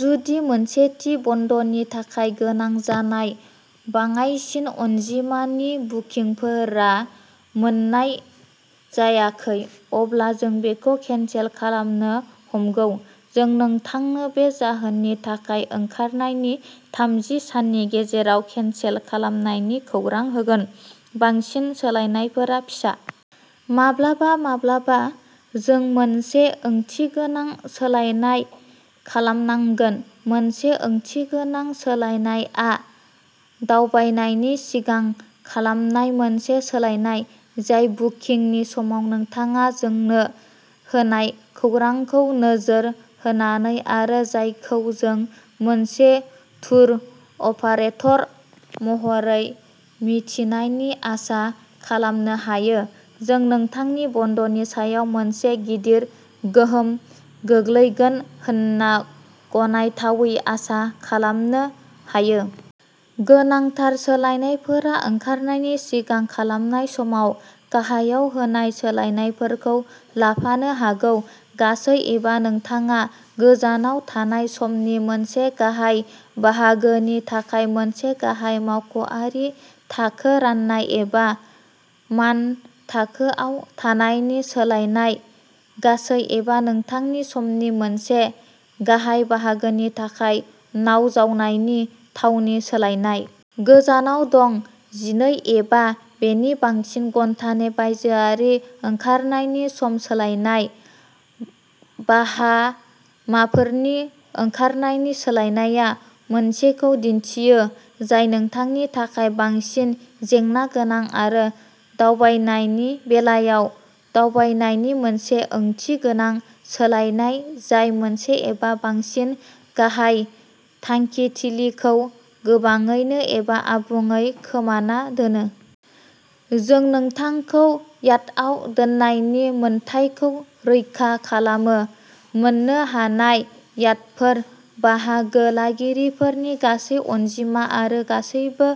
जुदि मोनसे थि बन्दनि थाखाय गोनां जानाय बाङाइसिन अनजिमानि बुकिंफोरा मोन्नाय जायाखै, अब्ला जों बेखौ केनसेल खालामनो ह'मगौ। जों नोंथांनो बे जाहोननि थाखाय ओंखारनायनि थामजि साननि गेजेराव केनसेल खालामनायनि खौरां होगोन। बांसिन सोलायनायफोरा फिसा। माब्लाबा-माब्लाबा, जों मोनसे ओंथिगोनां सोलायनाय खालामनांगोन। मोनसे ओंथिगोनां सोलायनायआ दावबायनायनि सिगां खालामनाय मोनसे सोलायनाय, जाय बुकिंनि समाव नोंथाङा जोंनो होनाय खौरांखौ नोजोर होनानै आरो जायखौ जों मोनसे टुर अपारेटर महरै मिथिनायनि आसा खालामनो हायो, जों नोंथांनि बन्दनि सायाव मोनसे गिदिर गोहोम गोग्लैगोन होनना गनायथावै आसा खालामनो हायो। गोनांथार सोलायनायफोरा ओंखारनायनि सिगां खालामनाय समाव गाहायाव होनाय सोलायनायफोरखौ लाफानो हागौ; गासै एबा नोंथाङा गोजानाव थानाय समनि मोनसे गाहाय बाहागोनि थाखाय मोनसे गाहाय मावख'आरि थाखो राननाय एबा मानथाखोआव थानायनि सोलायनाय, गासै एबा नोंथांनि समनि मोनसे गाहाय बाहागोनि थाखाय नाव जावनायनि थावनि सोलायनाय। गोजानाव दं, जिनै एबा बेनि बांसिन घन्टानि बायजोआरि ओंखारनायनि सम सोलायनाय, बाहामाफोरनि ओंखारनायनि सोलायनाया मोनसेखौ दिन्थियो जाय नोंथांनि थाखाय बांसिन जेंना गोनां आरो दावबायनायनि बेलायाव, दावबायनायनि मोनसे ओंथिगोनां सोलायनाय जाय मोनसे एबा बांसिन गाहाय थांखिथिलिखौ गोबाङैनो एबा आबुङै खोमाना दोनो। जों नोंथांखौ याटआव दोननायनि मोन्थाइखौ रैखा खालामो, मोन्नो हानाय याटफोर, बाहागो लागिरिफोरनि गासै अनजिमा आरो गासैबो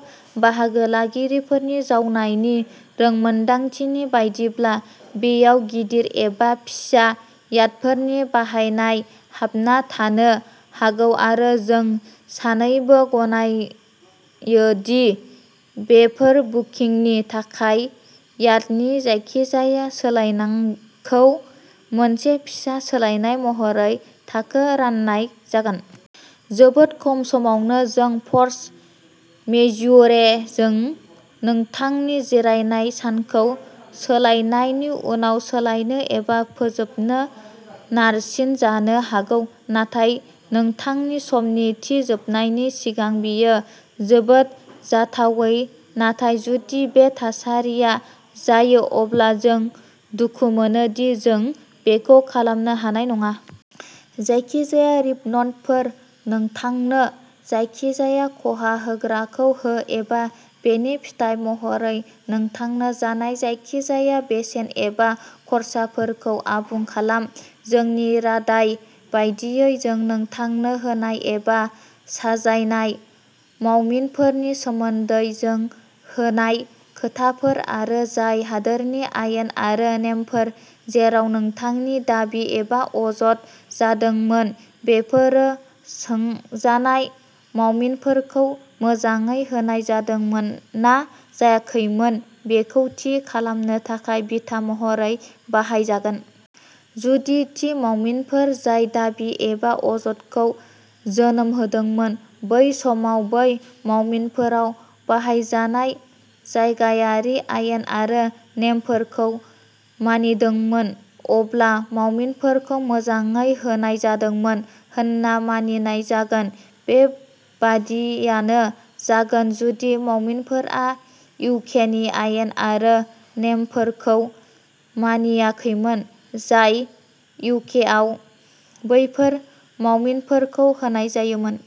बाहागो लागिरिफोरनि जावनायनि रोंमोनदांथिनि बायदिब्ला, बेयाव गिदिर एबा फिसा याटफोरनि बाहायनाय हाबना थानो हागौ आरो जों सानैबो गनायो दि बेफोर बुकिंनि थाखाय याटनि जायखिजाया सोलायनायखौ मोनसे फिसा सोलायनाय महरै थाखो राननाय जागोन। जोबोद खम समावनो, जों फर्स मेज्युरे जों नोंथांनि जिरायनाय सानखौ सोलायनायनि उनाव सोलायनो एबा फोजोबनो नारसिनजानो हागौ, नाथाय नोंथांनि समनि थि जोबनायनि सिगां। बेयो जोबोद जाथावै नाथाय जुदि बे थासारिया जायो, अब्ला जों दुखु मोनो दि जों बेखौ खालामनो हानाय नङा। जायखिजाया रिफन्डफोर, नोंथांनो जायखिजाया खहा होग्राखौ हो एबा बेनि फिथाय महरै नोंथांनो जानाय जायखिजाया बेसेन एबा खर्साफोरखौ आबुं खालाम। जोंनि रादाय बायदियै जों नोंथांनो होनाय एबा साजायनाय मावमिनफोरनि सोमोन्दै जों होनाय खोथाफोर आरो जाय हादोरनि आयेन आरो नेमफोर जेराव नोंथांनि दाबि एबा अजद जादोंमोन बेफोरो सोंजानाय मावमिनफोरखौ मोजाङै होनाय जादोंमोन ना जायाखैमोन बेखौ थि खालामनो थाखाय बिथा महरै बाहाय जागोन। जुदि थि मावमिनफोर जाय दाबि एबा अजदखौ जोनोम होदोंमोन, बै समाव बै मावमिनफोराव बाहायजानाय जायगायारि आयेन आरो नेमफोरखौ मानिदोंमोन, अब्ला मावमिनफोरखौ मोजाङै होनाय जादोंमोन होनना मानिनाय जागोन। बे बादियानो जागोन जुदि मावमिनफोरा इउकेनि आयेन आरो नेमफोरखौ मानियाखैमोन जाय इउकेआव बैफोर मावमिनफोरखौ होनाय जायोमोन।